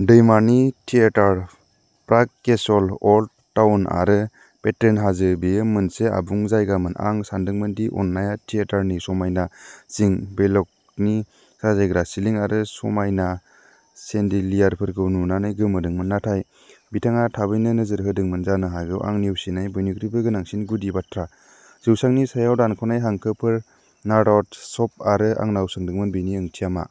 दैमानि theatre, Prague Castle, Old Town आरो Petrin हाजो, बेयो मोनसे आबुं जायगामोन। आं सानदोंमोन दि आननाया थियेटारनि समायना सिं, बेलकनि, साजायग्रा सिलिं आरो समायना सेन्डेलियारफोरखौ नुनानै गोमोदोंमोन। नाथाय बिथाङा थाबैनो नोजोर होदोंमोन, जानो हागौ आं नेवसिनाय बयनिख्रुइबो गोनांसिन गुदि बाथ्रा, जौसांनि सायाव दानख'नाय हांखोफोर, नार'ड सब आरो आंनाव सोंदोंमोन बेनि ओंथिया मा।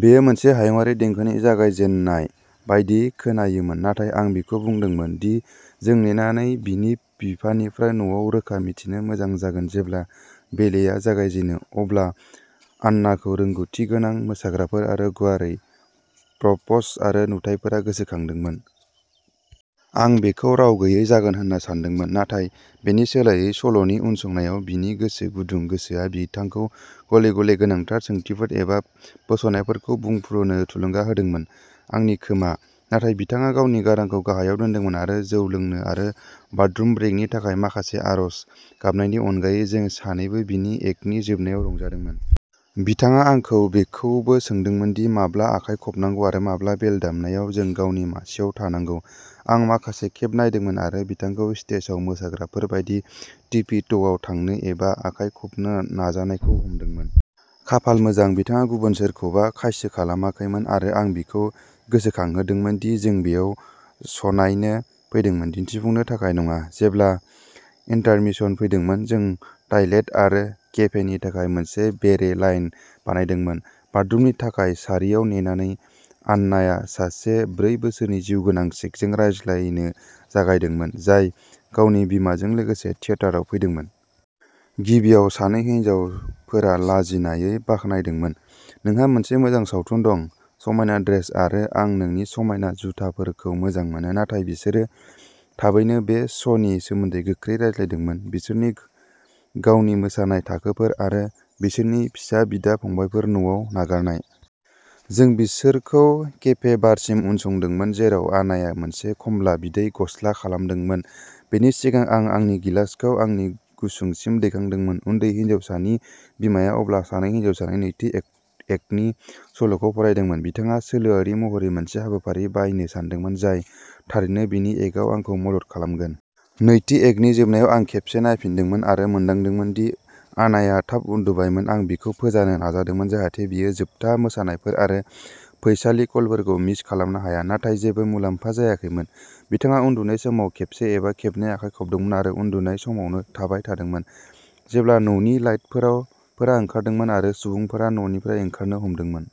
बेयो मोनसे हायुङारि देंखोनि जागायजे ननाय बायदि खोनायोमोन, नाथाय आं बिखौ बुंदोंमोन दि जों नेनानै बिनि बिफानिफ्राय न'आव रोखा मिथिनो मोजां जागोन। जेब्ला बेलेआ जागायजेनो, अब्ला आननाखौ रोंग'थिगोनां मोसाग्राफोर आरो गुवारै प्रप्स आरो नुथायफोरा गोसोखांदोंमोन। आं बेखौ राव गैयै जागोन होनना सानदोंमोन, नाथाय बेनि सोलायै, सल'नि उनसंनायाव बिनि गोसो गुदुं गोसोआ बिथांखौ गले गले गोनांथार सोंथिफोर एबा फोसावनायफोरखौ बुंफ्रुनो थुलुंगा होदोंमोन। आंनि खोमा। नाथाय बिथाङा गावनि गारांखौ गाहायाव दोनदोंमोन आरो जौ लोंनो आरो बाथरुम ब्रेकनि थाखाय माखासे आर'ज गाबनायनि अनगायै, जों सानैबो गिबि एक्टनि जोबनायाव रंजादोंमोन। बिथाङा आंखौ बेखौबो सोंदोंमोन दि माब्ला आखाइ खबनांगौ आरो माब्ला बेल दामनायाव जों गावनि मासिआव थांनांगौ। आं माखासे खेब नायदोंमोन आरो बिथांखौ स्टेजआव मोसाग्राफोर बायदि टिपी ट'आव थांनो एबा आखाइ खबनो नाजानायखौ हमदोंमोन। खाफाल मोजां, बिथाङा गुबुन सोरखौबा खायसो खालामाखैमोन आरो आं बिखौ गोसोखांहोदोंमोन दि जों बेयाव श'नायनो फैदोंमोन, दिन्थिफुंनो थाखाय नङा। जेब्ला इन्टारमिशन फैदोंमोन, जों टायलेट आरो केफेनि थाखाय मोनसे बेरे लाइन बानायदोंमोन। बाथरुमनि थाखाय सारियाव नेनानै, आननाआ सासे ब्रै बोसोरनि जिउगोनां चेकजों रायज्लायनो जागायदोंमोन, जाय गावनि बिमाजों लोगोसे थियेटाराव फैदोंमोन। गिबियाव, सानै हिनजावफोरा लाजिनायै बाखनायदोंमोन, नोंहा मोनसे मोजां सावथुन दं। समायना ड्रेस आरो आं नोंनि समायना जुथाफोरखौ मोजां मोनो, नाथाय बिसोरो थाबैनो बे श'नि सोमोन्दै गोख्रै रायज्लायदोंमोन, बिसोरनि गावनि मोसानाय थाखोफोर आरो बिसोरनि फिसा बिदा-फंबायफोर, न'आव नागारनाय। जों बिसोरखौ केफे बारसिम उनसंदोंमोन, जेराव आनाया मोनसे खमला बिदै गस्ला खालामदोंमोन, बेनि सिगां आं आंनि गिलासखौ आंनि गुसुंसिम दैखांदोंमोन। उन्दै हिनजावसानि बिमाया अब्ला सानै हिनजावसानि नैथि एक्टनि सल'खौ फरायदोंमोन। बिथाङा सोलोआरि महरै मोनसे हाबाफारि बायनो सानदोंमोन, जाय थारैनो गिबि एक्टआव आंखौ मदद खालामगोन। नैथि एक्टनि जोबनायाव, आं खेबसे नायफिनदोंमोन आरो मोनदांदोंमोन दि आनाया थाब उन्दुबायमोन। आं बिखौ फोजानो नाजादोंमोन जाहाथे बियो जोबथा मोसानायफोर आरो फैसालि कलफोरखौ मिस खालामनो हाया, नाथाय जेबो मुलाम्फा जायाखैमोन। बिथाङा उन्दुनाय समाव खेबसे एबा खेबनै आखाइ खबदोंमोन आरो उन्दुनाय समावनो थाबाय थादोंमोन, जेब्ला न'नि लाइटफोरा ओंखारदोंमोन आरो सुबुंफोरा न'निफ्राय ओंखारनो हमदोंमोन।